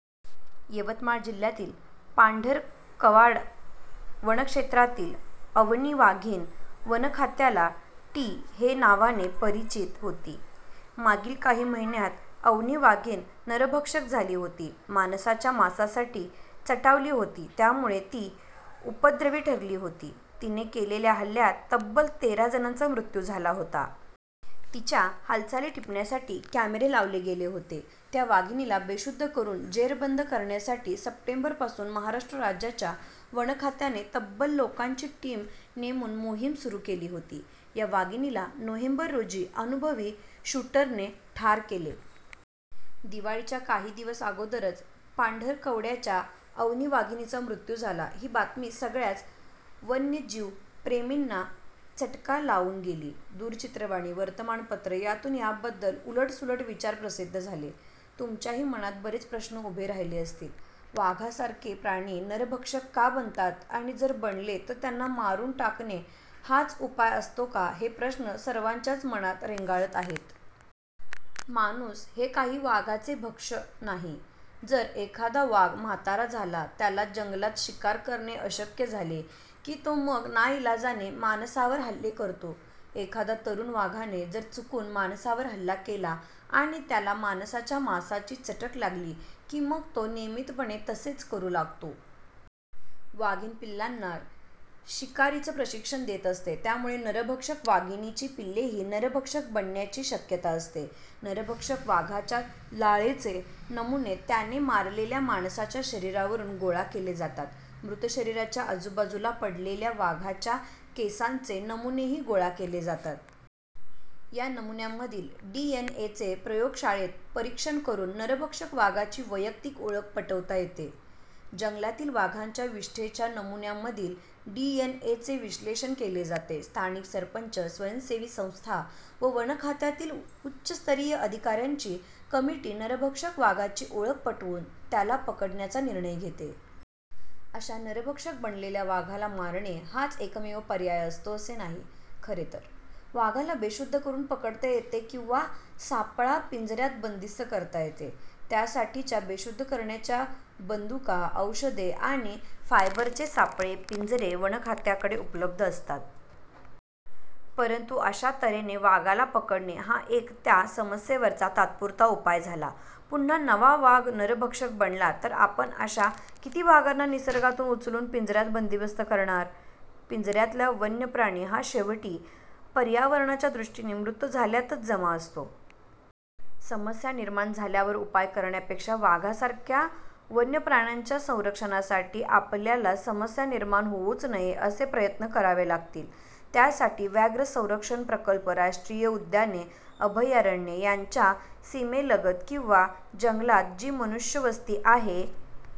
यवतमाळ जिल्यातील पांढरकवडा वनक्षेत्रातील अवनी वाघीण वनखात्याला 'टी- ' हे नावाने परिचित होती. मागील काही महिन्यांत अवनी वाघीण नरभक्षक झाली होती. माणसाच्या मांसासाठी चटावली होती. त्यामुळे ती उपद्रवी ठरली होती. तिने केलेल्या हल्ल्यात तब्बल तेरा जणांचा मृत्यू झाला होता. तिच्या हालचाली टिपण्यासाठी कॅमेरे लावले गेले होते. त्या वाघिणीला बेशुद्ध करुन जेरबंद करण्यासाठी सप्टेंबरपासून महाराष्ट्र राज्याच्या वनखात्याने तब्बल लोकांची टीम नेमून मोहीम सुरू केली होती. या वाघिणीला नोव्हेंबर रोजी अनुभवी शूटरने ठार केले. दिवाळीच्या काही दिवस अगोदरच पांढरकवड्याच्या अवनी वाघिणीचा मृत्यू झाला. ही बातमी सगळ्याच वन्यजीवप्रेमींना चटका लावून गेली. दूरचित्रवाणी, वर्तमानपत्र यांतून याबद्दल उलटसुलट विचार प्रसिद्ध झाले. तुमच्याही मनात बरेच प्रश्न उभे राहिले असतील. वाघासारखे प्राणी नरभक्षक का बनतात, आणि जर बनले तर त्यांना मारून टाकणे हाच उपाय असतो का- हे प्रश्न सर्वांच्याच मनात रेंगाळत आहेत. माणूस हे काही वाघाचे भक्ष नाही. जर एखादा वाघ म्हातारा झाला, त्याला जंगलात शिकार करणे अशक्य झाले की तो मग नाईलाजाने माणसावर हल्ले करतो. एखाद्या तरुण वाघाने जर चुकून माणसावर हल्ला केला आणि त्याला माणसाच्या मांसाची चटक लागली की, मग तो नियमितपणे तसेच करू लागतो. वाघीण पिल्लांना शिकारीचं प्रशिक्षण देत असते. त्यामुळे नरभक्षक वाघिणीची पिल्लेही नरभक्षक बनण्याची शक्यता असते. नरभक्षक वाघाच्या लाळेचे नमुने त्याने मारलेल्या माणसाच्या शरीरावरून गोळा केले जातात. मृत शरीराच्या आजूबाजूला पडलेल्या वाघाच्या केसांचे नमुनेही गोळा केले जातात. या नमुन्यांमधील डी. एन. ए. चे प्रयोगशाळेत परीक्षण करून नरभक्षक वाघाची वैयक्तिक ओळख पटवता येते. जंगलातील वाघांच्या विष्ठेच्या नमुन्यांमधील डी. एन. ए. चे विश्लेषण केले जाते. स्थानिक सरपंच, स्वयंसेवी संस्था व वनखात्यातील उच्चस्तरीय अधिका-यांची कमिटी नरभक्षक वाघाची ओळख पटवून त्याला पकडण्याचा निर्णय घेते. अशा नरभक्षक बनलेल्या वाघाला मारणे हाच एकमेव पर्याय असतो असे नाही, खरेतर. वाघाला बेशुद्ध करून पकडता येते किंवा सापळा पिंज-यात बंदिस्त करता येते. त्यासाठीच्या बेशुद्धीकरणाच्या बंदुका, औषधे आणि फायबरचे सापळे, पिंजरे वनखात्याकडे उपलब्ध असतात. परंतु अशा त-हेने वाघाला पकडणे हा एक त्या समस्येवरचा तात्पुरता उपाय झाला. पुन्हा नवा वाघ नरभक्षक बनला तर आपण अशा किती वाघांना निसर्गातून उचलून पिंज-यात बंदिस्त करणार? पिंज-यातला वन्यप्राणी हा शेवटी पर्यावरणाच्या दृष्टीने मृत झाल्यातच जमा असतो. समस्या निर्माण झाल्यावर उपाय करण्यापेक्षा वाघासारख्या वन्यप्राण्यांच्या संरक्षणासाठी आपल्याला समस्या निर्माण होऊच नये असे प्रयत्न करावे लागतील. त्यासाठी व्याघ्र संरक्षण प्रकल्प, राष्ट्रीय उद्याने, अभयारण्ये यांच्या सीमेलगत किंवा जंगलात जी मनुष्यवस्ती आहे